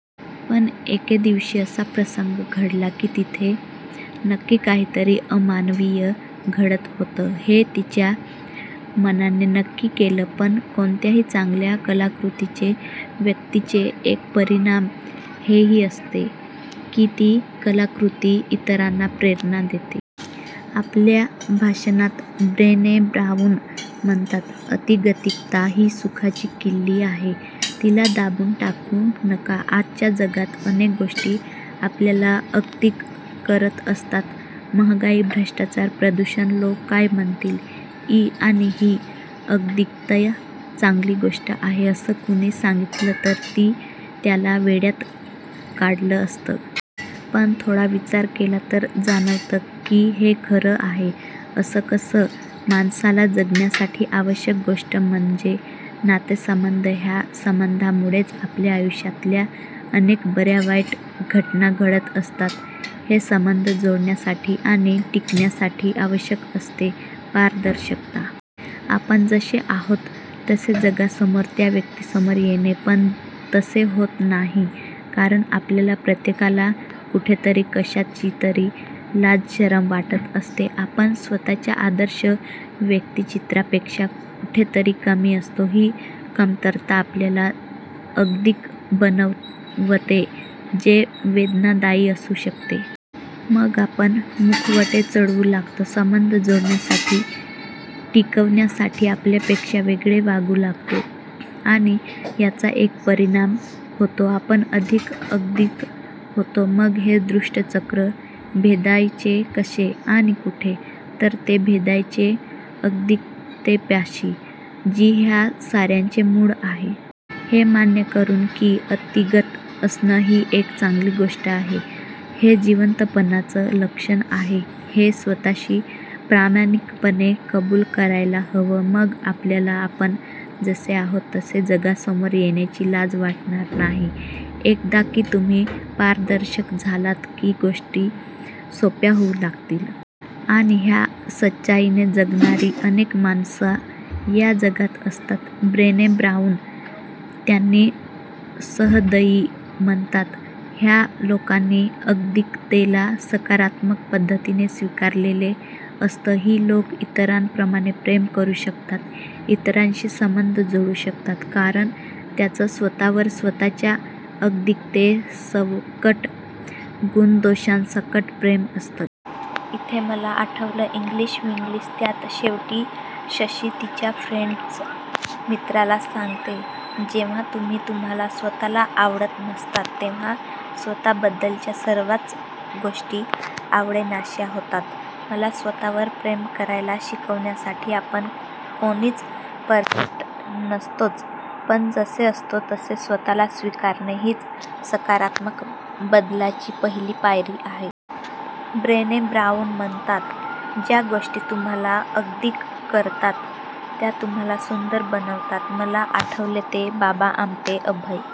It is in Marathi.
पण एके दिवशी असा प्रसंग घडला कि तिथे नक्की काहीतरी अमानवीय घडत होतं हे तिच्या मनाने नक्की केलं. पण कोणत्याही चांगल्या कलाकृतीचे िव्यक्तीचे एक परिमाण हेही असते की ती कलाकृती इतरांना प्रेरणा देते. आपल्या भाषणात ब्रेने ब्राऊन म्हणतात, अगतिकता ही सुखाची किल्ली आहे. तिला दाबून टाकू नका. आजच्या जगात अनेक गोष्टी आपल्याला अगतिक करत असतात. महागाई, भ्रष्टाचार, प्रदूषण, लोकं काय म्हणतील? ई. आणि ही अगतिकता चांगली गोष्ट आहे असं कुणी सांगितलं तर मी त्याला वेड्यात काढलं असतं. पण थोडा विचार केला तर जाणवतं की हे खरं आहे. असं कसं? माणसाला जगण्यासाठी आवश्यक गोष्ट म्हणजे नातेसंबंध. ह्या संबंधांमुळेच आपल्या आयुष्यातल्या अनेक बऱ्यावाईट घटना घडत असतात. हे संबंध जोडण्यासाठी आणि टिकण्यासाठी आवश्यक असते पारदर्शकता. आपण जसे आहोत तसे जगासमोर त्या व्यक्तीसमोर येणे. पण तसे होत नाही. कारण आपल्याला प्रत्येकाला कुठेतरी, कशाचीतरी लाजशरम वाटत असते. आपण स्वतःच्या आदर्श व्यक्तिचित्रापेक्षा कुठेतरी कमी असतो. ही कमतरता आपल्याला अगतिक बनवते. जे वेदनादायी असू शकतं. मग आपण मुखवटे चढवू लागतो. संबंध जोडण्यासाठी िकवण्यासाठी आपल्यापेक्षा वेगळे वागू लागतो. आणि याचा एकच परिणाम होतो आपण अधिक अगतिक होतो! मग हे दुष्टचक्र भेदायचे कसे? आणि कुठे? तर ते भेदायचे अगतिकतेपाशी. जी ह्या साऱ्याचे मूळ आहे. हे मान्य करून की अगतिक असणं ही एक चांगली गोष्ट आहे. हे जिवंतपणाचं लक्षण आहे. हे स्वतःशी प्रामाणिकपणे कबुल करायला हवं. मग आपल्याला आपण जसे आहोत तसे जगासमोर येण्याची लाज वाटणार नाही! एकदा का तुम्ही पारदर्शक झालात की गोष्टी सोप्या होऊ लागतील! आणि ह्या सच्चाईने जगणारी अनेक माणसं या जगात असतात. ब्रेने ब्राऊन त्यांना सहृदयी म्हणतात. ह्या लोकांनी अगतिकतेला सकारात्मक पद्धतीने स्वीकारलेलं असतं. ही लोकं इतरांवर प्रेम करू शकतात, इतरांशी संबंध जोडू शकतात कारण त्यांचं स्वतःवर स्वतःच्या अगतिकतेसकट, गुणदोषांसकट प्रेम असतं. इथे मला आठवला इंग्लिशविन्ग्लीश! त्यात शेवटी शशी तिच्या फ्रेंच मित्राला सांगते, जेव्हा तुम्ही तुम्हाला स्वतःला आवडत नसता तेव्हा स्वतःबद्दलच्या सर्वच गोष्टी आवडेनाश्या होतात., मला स्वतःवर प्रेम करायला शिकवण्यासाठी,! आपण कोणीच परफेक्ट नसतोच पण जसे असतो तसे स्वतःला स्वीकारणे हीच सकारात्मक बदलाची पहिली पायरी आहे. ब्रेने ब्राऊन म्हणतात, ज्या गोष्टी तुम्हाला अगतिक करतात त्या तुम्हाला सुंदर बनवतात. मला आठवले ते बाबा आमटे, अभय